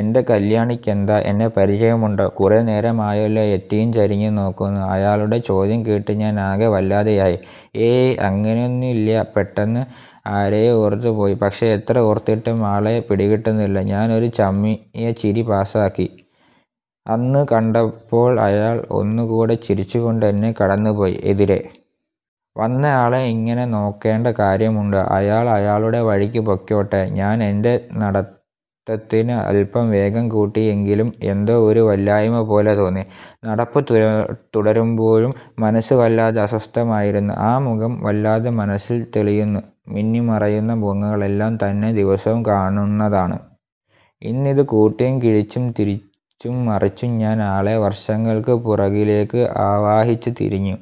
എൻ്റെ കല്യാണിക്ക് എന്താ, എന്നെ പരിചയം ഉണ്ടോ. കുറെ നേരമായല്ലോ എത്തിയും ചരിഞ്ഞും നോക്കുന്നു. അയാളുടെ ചോദ്യം കേട്ട് ഞാൻ ആകെ വല്ലാതെയായി. ഏയ്, അങ്ങനെയൊന്നൂല്ല്യ. പെട്ടെന്ന് ആരെയോ ഓർത്ത് പോയി. പക്ഷേ എത്ര ഓർത്തിട്ടും ആളെ പിടികിട്ടുന്നില്ല. ഞാൻ ഒരു ചമ്മിയ ചിരി പാസ്സാക്കി. അന്ന് കണ്ടപ്പോൾ അയാൾ ഒന്നു കൂടെ ചിരിച്ചുകൊണ്ട് എന്നെ കടന്നുപോയി. എതിരെ വന്ന ആളെ ഇങ്ങനെ നോക്കേണ്ട കാര്യമുണ്ടോ. അയാൾ അയാളുടെ വഴിക്ക് പൊയ്ക്കോട്ടെ. ഞാൻ എൻ്റെ നടത്തത്തിന് അല്പം വേഗം കൂട്ടി. എങ്കിലും എന്തോ ഒരു വല്ലായ്മ പോലെ തോന്നി. നടപ്പ് തുടരുമ്പോഴും മനസ്സ് വല്ലാതെ അസ്വസ്ഥമായിരുന്നു.ആ മുഖം വല്ലാതെ മനസ്സിൽ തെളിയുന്നു. മിന്നിമറയുന്ന മുഖങ്ങൾ എല്ലാം തന്നെ ദിവസവും കാണുന്നതാണ്. പക്ഷേ ഇത് കൂട്ടിയും കിഴിച്ചും തിരിച്ചും മറിച്ചും ഞാൻ ആളെ വർഷങ്ങൾക്ക് പുറകിലേക്ക് ആവാഹിച്ച് തിരഞ്ഞു.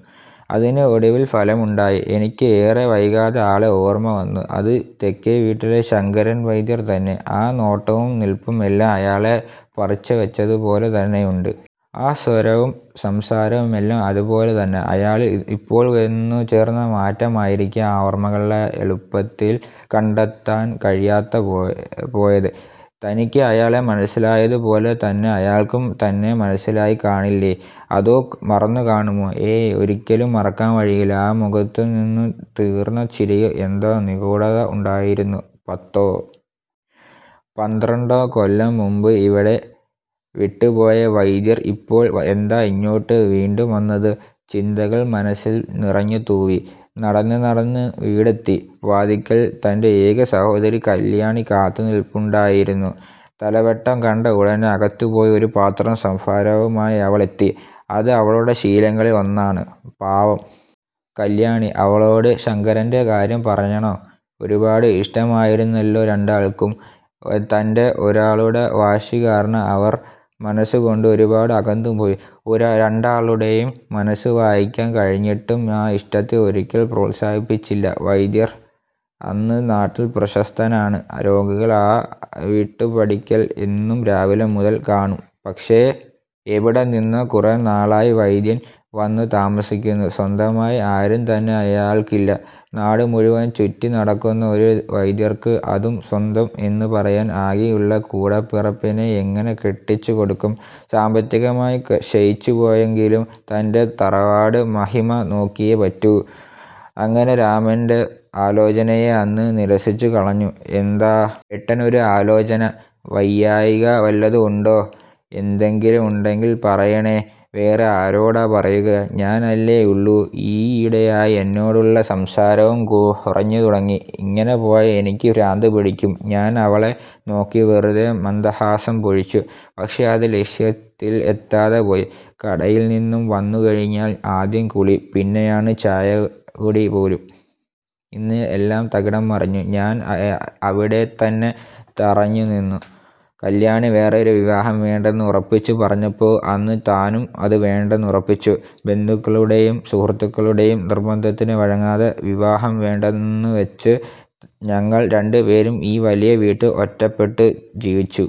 അതിന് ഒടുവിൽ ഫലം ഉണ്ടായി. എനിക്ക് ഏറെ വൈകാതെ ആളെ ഓർമ വന്നു.അത് തെക്കേ വീട്ടിലെ ശങ്കരൻ വൈദ്യർ തന്നെ. ആ നോട്ടവും നിൽപ്പും എല്ലാം അയാളെ പറിച്ചുവച്ചതുപോലെ തന്നെയുണ്ട്. ആ സ്വരവും സംസാരവും എല്ലാം അതുപോലെ തന്നെ. അയാളിൽ ഇപ്പോൾ വന്നുചേർന്ന മാറ്റമായിരിക്കാം ആ ഓർമകളെ എളുപ്പത്തിൽ കണ്ടെത്താൻ കഴിയാതെ പോയത്. തനിക്ക് അയാളെ മനസ്സിലായതുപോലെ തന്നെ അയാൾക്കും തന്നെ മനസ്സിലായി കാണില്ലേ. അതോ മറന്നുകാണുമോ. ഏയ്, ഒരിക്കലും മറക്കാൻ വഴിയില്ല. ആ മുഖത്തുനിന്നുതിർന്ന ചിരിയിൽ എന്തോ നിഗൂഢത ഉണ്ടായിരുന്നു. പത്തോ പന്ത്രണ്ടോ കൊല്ലം മുൻപ് ഇവിടം വിട്ടുപോയ വൈദ്യർ ഇപ്പോൾ എന്താ ഇങ്ങോട്ട് വീണ്ടും വന്നത്. ചിന്തകൾ മനസ്സിൽ നിറഞ്ഞുതൂവി. നടന്ന് നടന്ന് വീടെത്തി. വാതിൽക്കൽ തൻ്റെ ഏക സഹോദരി കല്യാണി കാത്തുനിൽപ്പുണ്ടായിരുന്നു. തലവെട്ടം കണ്ട ഉടനെ അകത്തുപോയി ഒരു പാത്രം സംഭാരവുമായി അവൾ എത്തി. അത് അവളുടെ ശീലങ്ങളിൽ ഒന്നാണ്. പാവം കല്യാണി. അവളോട് ശങ്കരൻ്റെ കാര്യം പറയണോ. ഒരുപാട് ഇഷ്ടമായിരുന്നല്ലോ രണ്ടാൾക്കും. തൻ്റെ ഒരാളുടെ വാശികാരണം അവർ മനസ്സുകൊണ്ട് ഒരുപാട് അകന്നുപോയി. ഒരാരണ്ടാളുടെയും മനസ്സ് വായിക്കാൻ കഴിഞ്ഞിട്ടും ആ ഇഷ്ടത്തെ ഒരിക്കലും പ്രോത്സാഹിപ്പിച്ചില്ല. വൈദ്യർ അന്ന് നാട്ടിൽ പ്രശസ്തനാണ്. രോഗികൾ ആ വീട്ടുപടിക്കൽ എന്നും രാവിലെ മുതൽ കാണും.പക്ഷേ, എവിടെ നിന്നോ കുറെ നാളായി വൈദ്യൻ വന്നു താമസിക്കുന്നു. സ്വന്തമായി ആരും തന്നെ അയാൾക്കില്ല. നാടുമുഴുവൻ ചുറ്റിനടക്കുന്ന ഒരു വൈദ്യർക്ക് അതും സ്വന്തം എന്ന് പറയാൻ ആകെയുള്ള കൂടപ്പിറപ്പിനെ എങ്ങനെ കെട്ടിച്ചുകൊടുക്കും. സാമ്പത്തികമായി ക്ഷയിച്ചുപോയെങ്കിലും തൻ്റെ തറവാട് മഹിമ നോക്കിയേ പറ്റൂ. അങ്ങനെ രാമൻ്റെ ആലോചനയെ അന്ന് നിരസിച്ചുകളഞ്ഞു. എന്താ ഏട്ടന് ഒരു ആലോചന. വയ്യായ്ക വല്ലതും ഉണ്ടോ. എന്തെങ്കിലും ഉണ്ടെങ്കിൽ പറയണേ. വേറെ ആരോടാ പറയുക. ഞാൻ അല്ലേ ഉള്ളൂ. ഈയിടെയായി എന്നോടുള്ള സംസാരവും കുറഞ്ഞുതുടങ്ങി. ഇങ്ങനെ പോയാൽ എനിക്ക് ഭ്രാന്തുപിടിക്കും. ഞാൻ അവളെ നോക്കി വെറുതെ മന്ദഹാസം പൊഴിച്ചു. പക്ഷേ അത് ലക്ഷ്യത്തിൽ എത്താതെപോയി. കടയിൽനിന്നും വന്നുകഴിഞ്ഞാൽ ആദ്യം കുളി, പിന്നെയാണ് ചായകുടി പോലും. ഇന്ന് എല്ലാം തകിടംമറിഞ്ഞു. ഞാൻ അവിടെത്തന്നെ തറഞ്ഞുനിന്നു. കല്യാണി വേറെ ഒരു വിവാഹം വേണ്ടെന്ന് ഉറപ്പിച്ചു പറഞ്ഞപ്പോൾ അന്ന് താനും അത് വേണ്ടെന്ന് ഉറപ്പിച്ചു. ബന്ധുക്കളുടെയും സുഹൃത്തുക്കളുടെയും നിർബന്ധത്തിന് വഴങ്ങാതെ വിവാഹം വേണ്ടെന്നുവച്ച് ഞങ്ങൾ രണ്ടുപേരും ഈ വലിയ വീട്ടിൽ ഒറ്റപ്പെട്ടു ജീവിച്ചു.